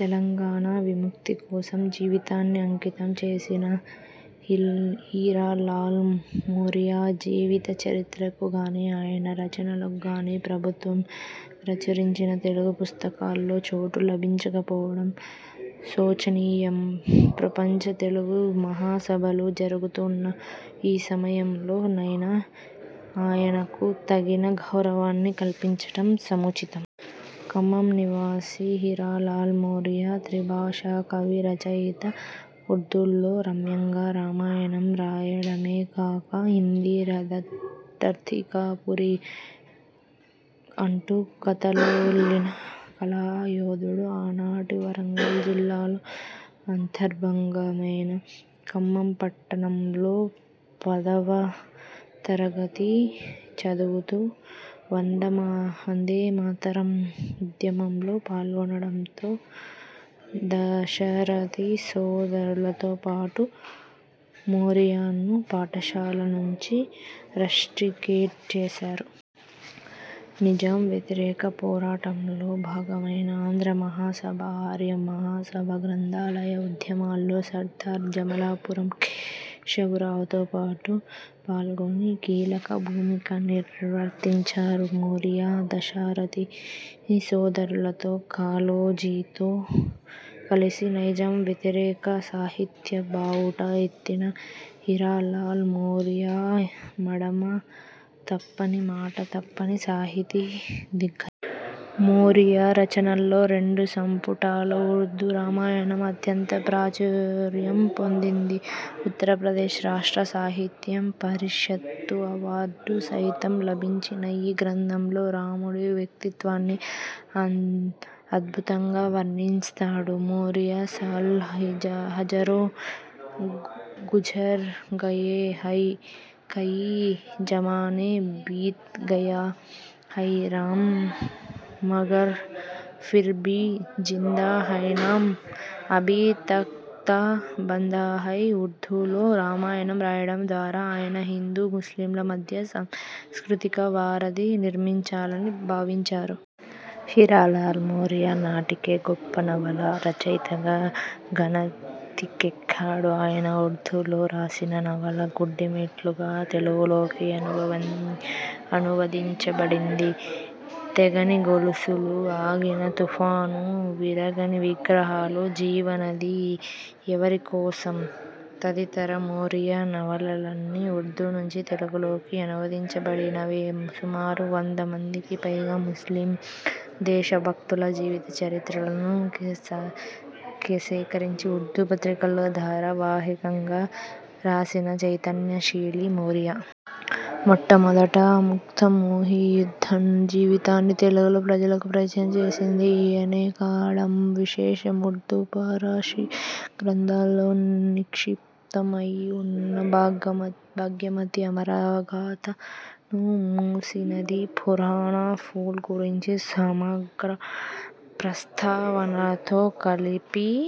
తెలంగాణా విముక్తి కోసం జీవితాన్ని అంకితం చేసిన హీరా లాల్ మోరియా జీవిత చరిత్రకు గాని, ఆయన రచనలకు గాని ప్రభుత్వం ప్రచురించిన తెలుగు పుస్తకాల్లో చోటు లభించకపోవడం శోచనీయం. ప్రపంచ తెలుగు మహాసభలు జరుగుతోన్న ఈ సమయంలో నైనా ఆయనకు తగిన గౌరవాన్ని కల్పించటం సముచితం. ఖమ్మం నివాసి హీరాలాల్ మోరియా త్రిభాషా కవి, రచయిత. ఉర్దూలో రమ్యంగా రామాయణం రాయడమే కాక హిందీ 'దర్తీ కా పుకార్' అంటూ కథలల్లిన కళా యోధుడు. ఆనాటి వరంగల్ జిల్లాలో అంతర్భాగమైన ఖమ్మం పట్టణంలో పదవ తరగతి చదువుతూ 'వందే మాతరం' ఉద్యమంలో పాల్గొనడంతో దాశరథి సోదరులతో పాటు మోరియాను పాఠశాల నుంచి రస్టికేట్ చేశారు. నైజాం వ్యతిరేక పోరాటాల్లో భాగమైన ఆంధ్ర మహాసభ, ఆర్య మహాసభ, గ్రంథాలయ ఉద్యమాల్లో సర్దార్ జమలాపురం కేశవరావుతో పాటు పాల్గొని కీలక భూమిక నిర్వర్తించారు మోరియా. దాశరథి సోదరులతో, కాళోజీతో కలిసి నైజాం వ్యతిరేక సాహిత్య బావుటా ఎత్తిన హీరాలాల్ మోరియా మడమ తిప్పని, మాట తప్పని సాహితీ దిగ్గజం. మోరియా రచనల్లో రెండు సంపుటాల ఉర్దూ రామాయణం అత్యంత ప్రాచుర్యం పొందింది. ఉత్తర ప్రదేశ్ రాష్ట్ర సాహిత్య పరిషత్తు అవార్డు సైతం లభించిన ఈ గ్రంథంలో రాముడి వ్యక్తిత్వాన్ని అద్భుతంగా వర్ణిస్తాడు మోరియా సాల్ హజారో గుజర్ గయే హై కయీ జమానే బీత్ గయే హై రామ్ మగర్ ఫిర్ భీ జిందా హైనామ్ అబీ తక్ తా బందాహై ఉర్దూ లో రామాయణం రాయడం ద్వారా ఆయన హిందూ ముస్లింల మధ్య సాంస్కృతిక వారధి నిర్మించాలని భావించారు. హీరాలాల్ మోరియా నాటికే గొప్పనవలా రచయితగా ఘనతి కెక్కాడు. ఆయన ఉర్దూలో రాసిన నవల 'గుడిమెట్లు'గా తెలుగులోకి అనువదించబడింది. 'తెగని గొలుసులు', 'ఆగిన తుఫాను', 'విరగని విగ్రహాలు', 'జీవనది', 'ఎవరికోసం? ' తదితర మోరియా నవలలన్నీ ఉర్దూ నుంచి తెలుగులోనికి అనువదించబడినవే! సుమారు వంద మందికి పైగా ముస్లిమ్ దేశభక్తుల జీవిత చరిత్రలను సేకరించి ఉర్దూ పత్రికల్లో ధారా వాహికంగా రాసిన చైతన్య శీలి మోరియా. మొట్ట మొదట మగ్దుం మొహియుద్దీన్ జీవితాన్ని తెలుగు ప్రజలకు పరిచయం చేసింది ఈయనే కావడం విశేషం. ఉర్దూ, పారశీ గ్రంథాల్లో నిక్షిప్తం అయి ఉన్న 'భాగ్యమతి అమరగాథ'ను మూసీనది పురాణా పూల్ గురించి సమగ్ర ప్రస్తావనలతో కలిపి